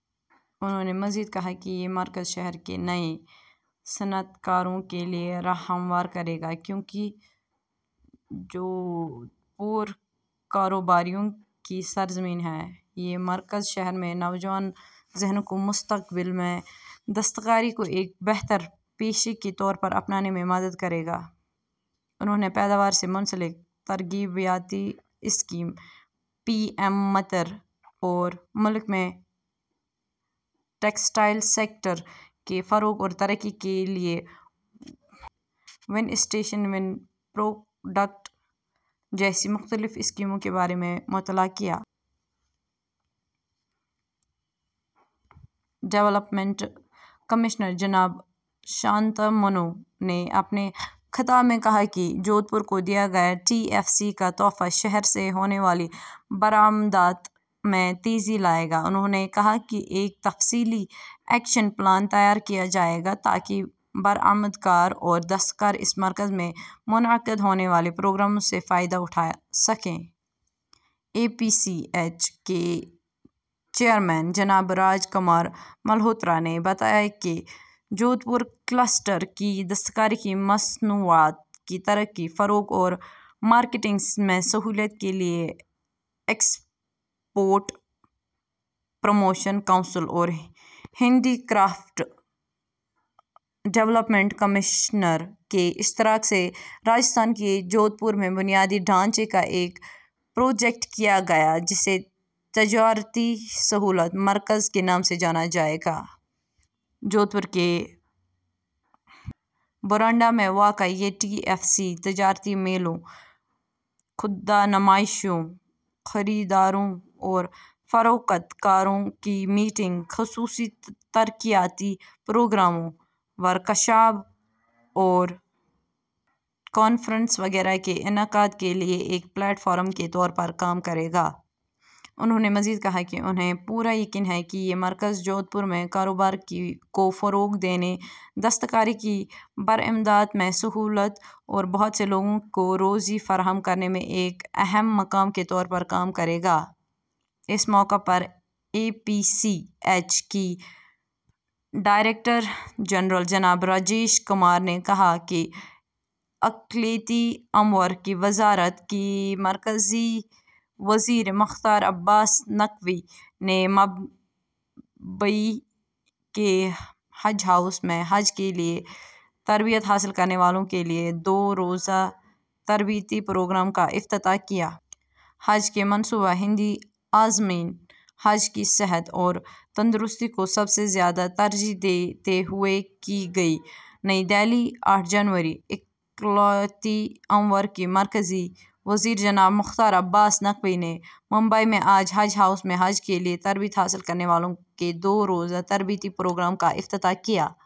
انہوں نے مزید کہا کہ یہ مرکز شہر کے نئے صنعت کاروں کے لیے راہ ہموار کرے گا کیونکہ جودھپور کاروباریوں کی سرزمین ہے۔ یہ مرکز شہر میں نوجوان ذہنوں کو مستقبل میں دستکاری کو ایک بہتر پیشے کے طور پر اپنانے میں مدد کرے گا۔ انہوں نے پیداوار سے منسلک ترغیباتی اسکیم، پی ایم متر اور ملک میں ٹیکسٹائل سیکٹر کے فروغ اور ترقی کے لیے ون اسٹیشن ون پروڈکٹ جیسی مختلف اسکیموں کے بارے میں مطلع کیا۔ ڈیولپمنٹ کمشنر جناب شانتا منو نے اپنے خطاب میں کہا کہ جودھپور کو دیا گیا ٹی ایف سی کا تحفہ شہر سے ہونے والی برآمدات میں تیزی لائے گا۔ انہوں نے کہا کہ ایک تفصیلی ایکشن پلان تیار کیا جائے گا تاکہ برآمد کار اور دستکار اس مرکز میں منعقد ہونے والے پروگراموں سے فائدہ اٹھا سکیں۔ ای پی سی ایچ کے چیئرمین جناب راج کمار ملہوترا نے بتایا کہ جودھپور کلسٹر کی دستکاری کی مصنوعات کی ترقی، فروغ اور مارکیٹنگ میں سہولت کے لیے ایکسپورٹ پروموشن کونسل اور ہینڈی کرافٹ ڈیولپمنٹ کمشنر کے اشتراک سے راجستھان کے جودھپور میں بنیادی ڈھانچے کا ایک پروجیکٹ کیا گیا، جسے تجارتی سہولت مرکز کے نام سے جانا جائے گا۔ جودھپور کے بوراناڈہ میں واقع یہ ٹی ایف سی تجارتی میلوں، خوردہ نمائشوں، خریداروں اور فروخت کاروں کی میٹنگ، خصوصی ترقیاتی پروگراموں، ورکشاپ اور کانفرنس وغیرہ کے انعقاد کے لیے ایک پلیٹ فارم کے طور پر کام کرے گا۔ انہوں نے مزید کہا کہ انہیں پورا یقین ہے کہ یہ مرکز جودھپور میں کاروبار کو فروغ دینے، دستکاری کی برآمدات میں سہولت اور بہت سے لوگوں کو روزی فراہم کرنے میں ایک اہم مقام کے طور پر کام کرے گا۔ اس موقع پر ای پی سی ایچ کے ڈائریکٹر جنرل جناب راجیش کمار نے کہا کہ اقلیتی امور کی وزارت کے مرکزی وزیر مختار عباس نقوی نے ممبئی کے حج ہاؤس میں حج کے لیے تربیت حاصل کرنے والوں کے لیے دو روزہ تربیتی پروگرام کا افتتاح کیا۔ ’’حج کی منصوبہ بندی عازمین حج کی صحت اور تندرستی کو سب سے زیادہ ترجیح دیتے ہوئے کی گئی۔‘‘ نئی دہلی، آٹھ جنوری، اقلیتی امور کے مرکزی وزیر جناب مختار عباس نقوی نے ممبئی میں آج حج ہاؤس میں حج کے لیے تربیت حاصل کرنے والوں کے دو روزہ تربیتی پروگرام کا افتتاح کیا۔